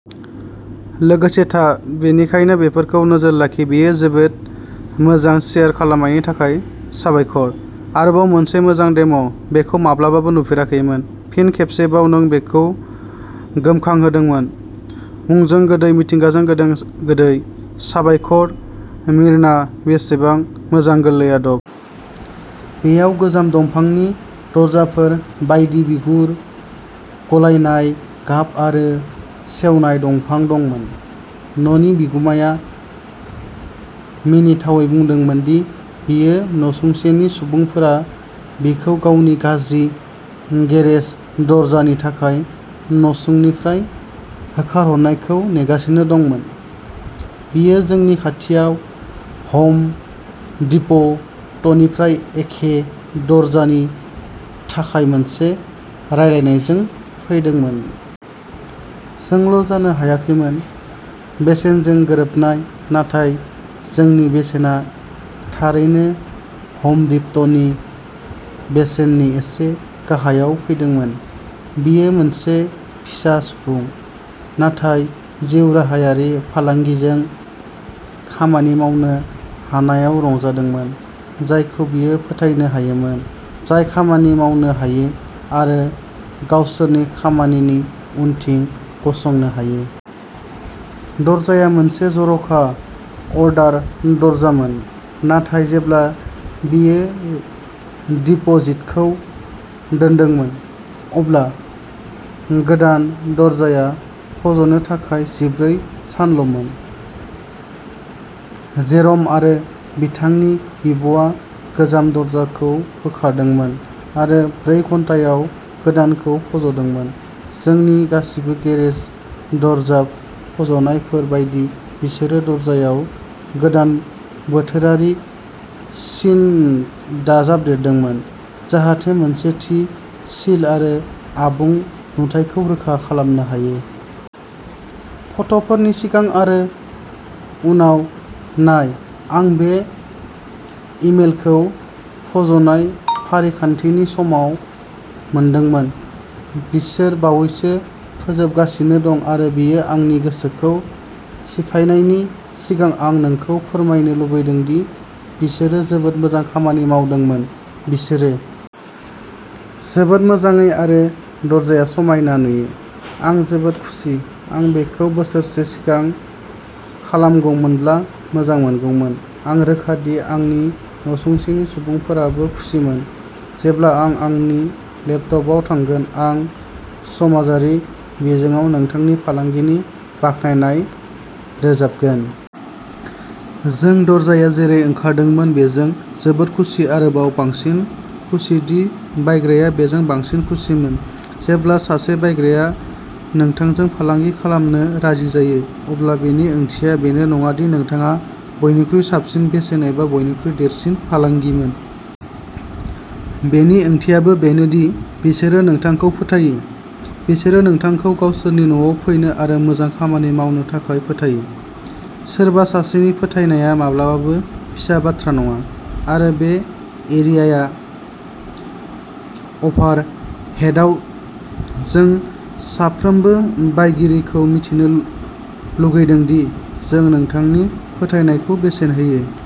लोगोसे था बेनिखायनो बेफोरखौ नोजोर लाखि बेयो जोबोद मोजां शेयार खालामनायनि थाखाय साबायखर। आरोबाव मोनसे मोजां डेम बेखौ माब्लाबाबो नुफेराखैमोन। फिन खेबसेबाव नों बेखौ गोमखांहोदोंमोन। मुंजों गोदै, मिथिंगाजों गोदै, साबायखर मिर्ना बेसेबां मोजां गोरलै आदब। बेयाव गोजाम दंफांनि दरजाफोर बायदि बिगुर गलायनाय गाब आरो सेवनाय दंफां दंमोन। न'नि बिगुमाया मिनिथावै बुंदोंमोन दि बियो नसुंसेनि सुबुंफोरा बिखौ गावनि गाज्रि गेरेज दरजानि थाखाय नसुंनिफ्राय होखारहरनायखौ नेगासिनो दंमोन। बियो जोंनि खाथियाव हम डिप'टनिफ्राय एखे दरजानि थाखाय मोनसे रायलायनायजों फैदोंमोन। जोंल' जानो हायाखैमोन। बेसेनजों गोरोबनाय, नाथाय जोंनि बेसेना थारैनो हम डिप'टनि बेसेननि एसे गाहायाव फैदोंमोन। बियो मोनसे फिसा सुबुं, नाथाय जिउ राहायारि फालांगिजों खामानि मावनो हानायाव रंजादोंमोन, जायखौ बियो फोथायनो हायोमोन, जाय खामानि मावनो हायो आरो गावसोरनि खामानिनि उनथिं गसंनो हायो। दरजाया मोनसे जर'खा अर्डार दरजामोन, नाथाय जेब्ला बियो डिपोजिटखौ दोन्दोंमोन, अब्ला गोदान दरजाया फज'नो थाखाय जिब्रै सानल'मोन। जेर'म आरो बिथांनि बिब'आ गोजाम दरजाखौ बोखारदोंमोन आरो ब्रै घन्टायाव गोदानखौ फज'दोंमोन। जोंनि गासिबो गेरेज दरजा फज'नायफोर बायदि, बिसोरो दरजायाव गोदान बोथोरारि सिन दाजाबदेरदोंमोन जाहाथे मोनसे थि सिल आरो आबुं नुथायखौ रोखा खालामनो हायो। फट'फोरनि सिगां आरो उनाव नाय आं बे इमेलखौ फज'नाय फारिखान्थिनि समाव मोनदोंमोन बिसोर बावैसो फोजोबगासिनो दं आरो बेयो आंनि गोसोखौ सिफायनायनि सिगां आं नोंखौ फोरमायनो लुबैदों दि बिसोरो जोबोद मोजां खामानि मावदोंमोन, बिसोरो। जोबोद मोजाङै आरो दरजाया समायना नुयो। आं जोबोद खुसि, आं बेखौ बोसोरसे सिगां खालामगौमोनब्ला मोजां मोनगौमोन। आं रोखा दि आंनि नसुंसेनि सुबुंफोराबो खुसिमोन। जेब्ला आं आंनि लेपटपआव थांगोन, आं समाजारि बिजोङाव नोंथांनि फालांगिनि बाख्नायनाय रोजाबगोन। जों दरजाया जेरै ओंखारदोंमोन बेजों जोबोद खुसि आरोबाव बांसिन खुसिदि बायग्राया बेजों बांसिन खुसिमोन। जेब्ला सासे बायग्राया नोंथांजों फालांगि खालामनो राजि जायो, अब्ला बेनि ओंथिया बेनो नङा दि नोंथाङा बयनिख्रुइ साबसिन बेसेन एबा बयनिख्रुइ देरसिन फालांगिमोन। बेनि ओंथियाबो बेनो दि बिसोरो नोंथांखौ फोथायो। बिसोरो नोंथांखौ गावसोरनि न'आव फैनो आरो मोजां खामानि मावनो थाखाय फोथायो। सोरबा सासेनि फोथायनाया माब्लाबाबो फिसा बाथ्रा नङा, आरो बे एरिया अभारहेडआव जों साफ्रोमबो बायगिरिखौ मिथिनो लुगैदों दि जों नोंथांनि फोथायनायखौ बेसेन होयो।